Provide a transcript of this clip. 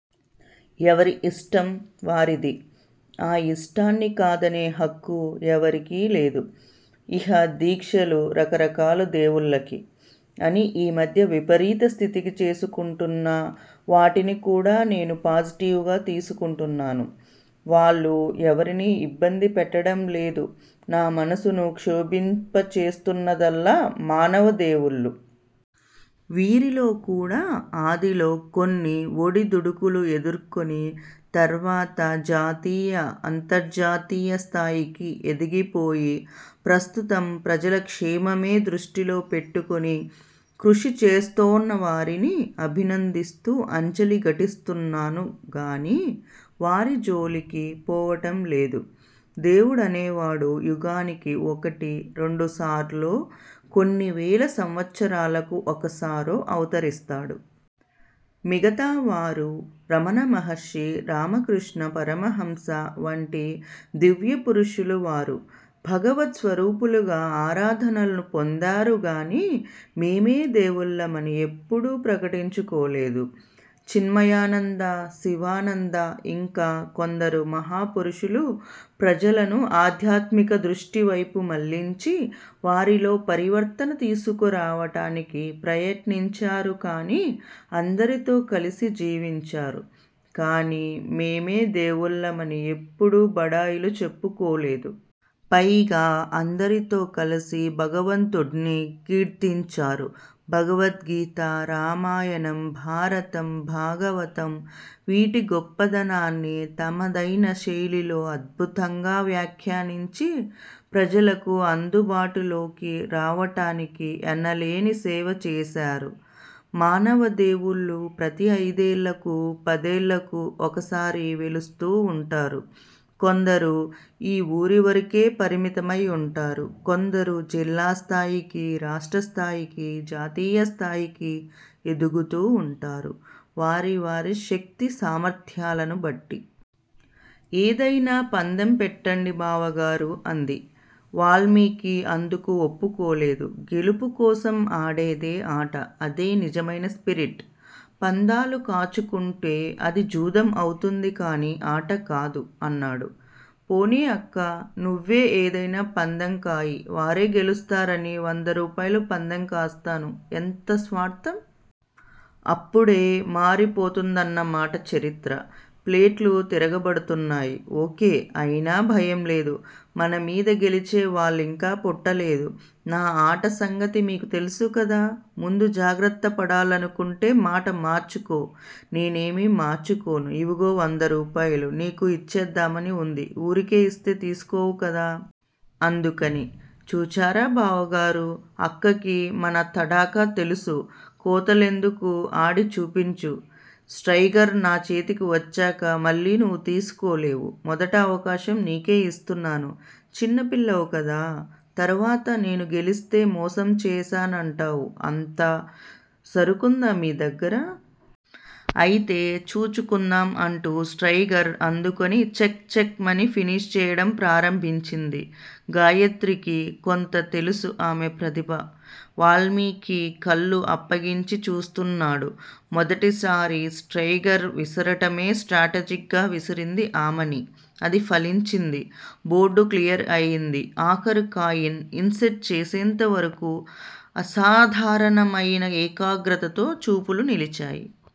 ఎవరిష్టం వారిది. ఆ ఇష్టాన్ని కాదనే హక్కు ఎవరికీ లేదు! ఇహ దీక్షలు రకరకాల దేవుళ్ళకు. అని ఈ మధ్య విపరీత స్థితికి చేసుకుంటున్నా వాటిని కూడా నేను పాజిటివ్ గా తీసుకుంటున్నాను. వాళ్ళు ఎవరినీ ఇబ్బంది పెట్టటం లేదు. నా మనసును క్షోభింపచేస్తున్నదల్లా మానవదేవుళ్ళు! వీరిలోకూడా ఆదిలో కొన్ని ఒడిదుడుకులు ఎదుర్కొని, తర్వాత జాతీయ, అంతర్జాతీయ స్థాయికి ఎదిగిపోయి, ప్రస్తుతం ప్రజల క్షేమమే దృష్టిలో పెట్టుకుని కృషి చేస్తోన్నవారిని అభినందిస్తూ అంజలి ఘటిస్తున్నాను గాని, వారి జోలికి పోవటం లేదు! దేవుడనేవాడు యుగానికి ఒకటి రెండుసార్లో, కొన్నివేల సంవత్సరాలకు ఒకసారో అవతరిస్తాడు. మిగతావరు రమణమహర్షి, రామకృష్ణ పరమహంస వంటి దివ్యపురుషులు వారు భగవత్ స్వరూపులుగా ఆరాధనలు పొందారుగాని, మేమే దేముళ్ళమని ఎప్పుడూ ప్రకటించుకోలేదు. చిన్మయానంద, శివానంద ఇంకా కొందరు మహాపురుషులు ప్రజలను ఆధ్యాత్మిక దృష్టివైపు మళ్ళించి, వారిలో పరివర్తన తీసుకురావటానికి ప్రయత్నించారు కానీ, అందరితో కలిసి జీవించారు. కానీ, మేమే దేముళ్ళని ఎప్పుడూ బడాయిలు చెప్పుకోలేదు. పైగా అందరితో కలిసి భగవంతుడ్ని కీర్తించారు. భగవద్గీత, రామాయణం, భారతం, భాగవతం-వీటి గొప్పదనాన్ని తమదైన శైలిలో అద్భుతంగా వ్యాఖ్యానించి, ప్రజలకు అందుబాటులోకి రావటానికి ఎనలేని సేవ చేశారు. మానవదేవుళ్ళు ప్రతి అయిదేళ్ళకూ, పదేళ్ళకూ ఒకసారి వెలుస్తూ వుంటారు. కొందరు ఈ ఊరివరకే పరిమితమై వుంటారు. కొందరు జిల్లాస్థాయికీ, రాష్ట్రస్థాయికీ, జాతీయస్థాయికీ ఎదుగుతూ వుంటారు వారి వారి శక్తి సామర్ద్యాలను బట్టి. ఏదయినా పందెం పెట్టండి బావగారూ! అంది. వాల్మీకి అందుకు ఒప్పుకోలేదు. గెలుపుకోసం ఆడేదే ఆట! అదే నిజమయిన స్పిరిట్! పందాలు కాచుకుంటే అది జూదం అవుతుంది కాని ఆటకాదు అన్నాడు, పోనీ అక్కా! నువ్వే ఏదయినా పందెం కాయి వారే గెలుస్తారని వంద రూపాయలు పందెం కాస్తాను ఎంత స్వార్ధం? అప్పుడే మారిపోతుందన్నమాట చరిత్ర! ప్లేట్లు తిరగబడుతున్నాయి! ఓకే! అయినా భయంలేదు. మనమీద గెలిచే వాళ్ళింకా పుట్టలేదు. నా ఆట సంగతి నీకు తెలుసుకదా! ముందు జాగ్రత్త పడాలనుకుంటే మాట మార్చుకో! నేనేమీ మార్చుకోను. ఇవిగో వంద రూపాయలు. నీకు యిచ్చేద్దామని ఉంది. ఊరికే యిస్తే తీసుకోవు కదా!? అందుకని. చూచారా బావగారూ! అక్కకి మన తడాఖా తెలుసు! కోతలెందుకు ఆడి చూపించు, స్త్రయిగర్ నా చేతికి వచ్చాక మళ్ళీ నువ్వు తీసుకోలేవు. మొదటి అవకాశం నీకే యిస్తున్నాను. చిన్న పిల్లవు కదా! తరువాత నేను గెలిస్తే మోసం చేశానంటావు అంత సరుకుందా మీ దగ్గర! ఐతే చూచుకుందాం అంటూ స్త్రయిగర్ అందుకుని చెక్ చెక్ మని ఫినిష్ చేయటం ప్రారంభించింది. గాయత్రికి కొంత తెలుసు ఆమె ప్రతిభ! వాల్మీకి కళ్ళు అప్పగించి చూస్తున్నాడు. మొదటిసారి స్త్రయిగర్ విసరటమే స్ట్రాటజిక్ గా విసిరింది ఆమని! అది ఫలించింది. బోర్డు క్లియర్ అయింది. ఆఖరు కాయిన్ ఇన్ సెట్ చేసేంతవరకూ అసాధారణమయిన ఏకాగ్రతతో చూపులు నిలిచాయి.